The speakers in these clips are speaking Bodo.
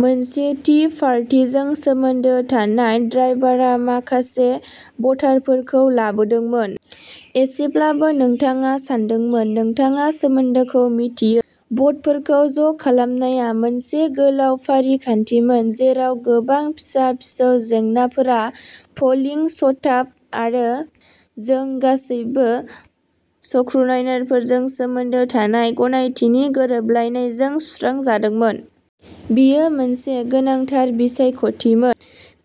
मोनसे थि पार्टीजों सोमोन्दो थानाय ड्राइभारआ माखासे भटारफोरखौ लाबोदोंमोन। एसेब्लाबो नोंथाङा सानदोंमोन नोंथाङा सोमोन्दोखौ मिथियो। भटफोरखौ ज' खालामनाया मोनसे गोलाव फारिखान्थिमोन जेराव गोबां फिसा-फिसौ जेंनाफोरा प'लिं स्टाफ आरो जों गासैबो स्क्रुनाइनारफोरजों सोमोन्दो थानाय गनायथिनि गोरोबलायनायजों सुस्रांजादोंमोन। बेयो मोनसे गोनांथार बिसायख'थिमोन।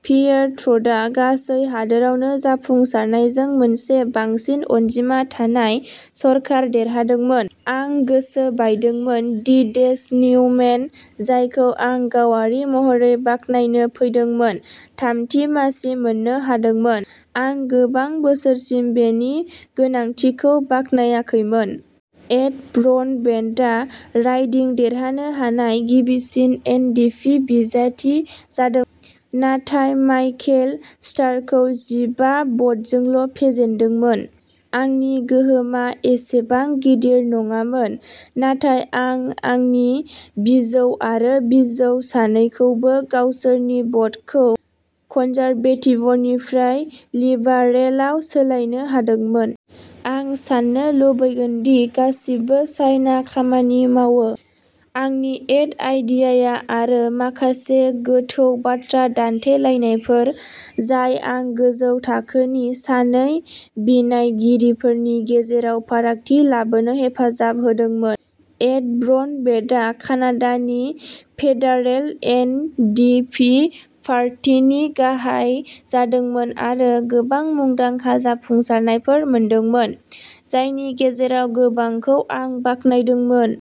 पियेर ट्रुड'आ गासै हादोरावनो जाफुंसारनायजों मोनसे बांसिन अनजिमा थानाय सरखार देरहादोंमोन। आं गोसो बायदोंमोन दि डेस निउमेन, जायखौ आं गावारि महरै बाख्नायनो फैदोंमोन, थामथि मासि मोननो हादोंमोन। आं गोबां बोसोरसिम बेनि गोनांथिखौ बाख्नायाखैमोन। एड ब्रडबेन्टआ राइडिं देरहानो हानाय गिबिसिन एन डि पि बिजाथि जादोंमोन, नाथाय माइकेल स्टारखौ जिबा भ'टजोंल' फेजेनदोंमोन। आंनि गोहोमआ एसेबां गिदिर नङामोन, नाथाय आं आंनि बिबौ आरो बिबौ सानैखौबो गावसोरनि भ'टखौ कन्जारभेटिभनिफ्राय लिबारेलआव सोलायनो हादोंमोन। आं साननो लुबैगोन दि गासिबो साइनआ खामानि मावो, आंनि एड आइडियाया आरो माखासे गोथौ बाथ्रा दान्थेलायनायफोर, जाय आं गोजौ थाखोनि सानै बिनायगिरिफोरनि गेजेराव फारागथि लाबोनो हेफाजाब होदोंमोन। एड ब्रडबेन्टआ कानाडानि फेडारेल एन डि पि पार्टीनि गाहाय जादोंमोन आरो गोबां मुंदांखा जाफुंसारनायफोर मोनदोंमोन, जायनि गेजेराव गोबांखौ आं बाख्नायदोंमोन।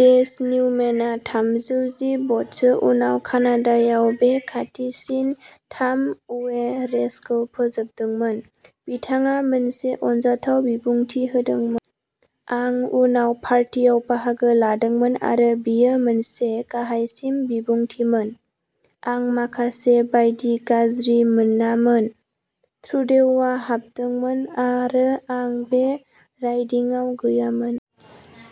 डेस निउमेनआ थामजौ जि भ'टसो उनाव कानाडायाव बे खाथिसिन थाम अवे रेसखौ फोजोबदोंमोन। बिथाङा मोनसे अनजाथाव बिबुंथि होदोंमोन। आं उनाव पार्टियाव बाहागो लादोंमोन आरो बेयो मोनसे गाहायसिन बिबुंथिमोन। आं माखासे बायदि गाज्रि मोनामोन ट्रुडेउआ हाबदोंमोन आरो आं बे राइडिंआव गैयामोन।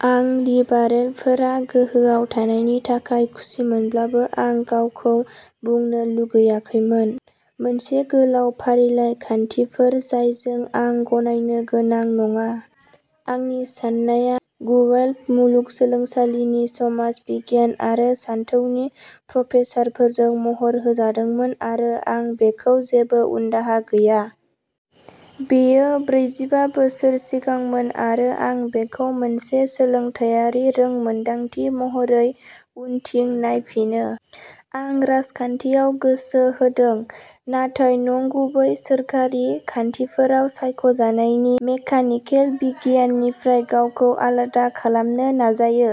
आं लिबारेलफोरा गोहोआव थानायनि थाखाय खुसिमोनब्लाबो आं गावखौ बुंनो लुगैआखैमोन। मोनसे गोलाव फारिलाइ खान्थिफोर जायजों आं गनायनो गोनां नङा। आंनि साननाया गुएल्फ मुलुगसोलोंसालिनि समाज बिगियान आरो सानथौनि प्रफेसारफोरजों महर होजादोंमोन आरो आं बेखौ जेबो उनदाहा गैया। बेयो ब्रैजिबा बोसोर सिगांमोन आरो आं बेखौ मोनसे सोलोंथायारि रोंमोनदांथि महरै उनथिं नायफिनो। आं राजखान्थियाव गोसो होदों, नाथाय नंगुबै सोरखारि खान्थिफोराव सायख'जानायनि मेकानिकेल बिगियाननिफ्राय गावखौ आलादा खालामनो नाजायो।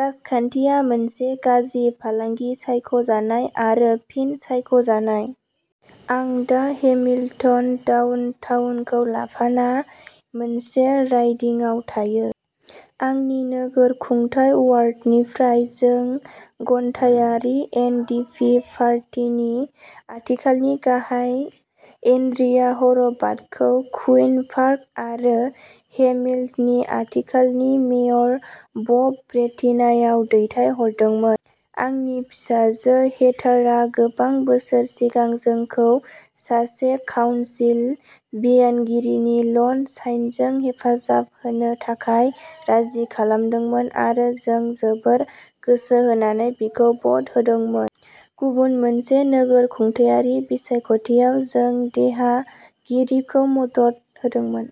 राजखान्थिया मोनसे गाज्रि फालांगि-सायख'जानाय आरो फिन सायख'जानाय। आं दा हेमिल्टन डाउनटाउनखौ लाफानाय मोनसे राइडिंआव थायो। आंनि नोगोर खुंथाय अवार्डनिफ्राय जों अन्टारिय'एन डि पि पार्टीनि आथिखालनि गाहाय, एन्ड्रिया ह'रभाथखौ कुइन पार्क आरो हेमिल्टननि आथिखालनि मेयर, बब ब्रेटिनाआव दैथायहरदोंमोन। आंनि फिसाजो, हेथारआ गोबां बोसोर सिगां जोंखौ सासे काउनसिल बिनायगिरिखौ लन साइनजों हेफाजाब होनो थाखाय राजि खालामदोंमोन आरो जों जोबोद गोसो होनानै बिखौ भ'ट होदोंमोन। गुबुन मोनसे नोगोर खुंथायारि बिसायख'थियाव जों देरहागिरिखौ मदद होदोंमोन।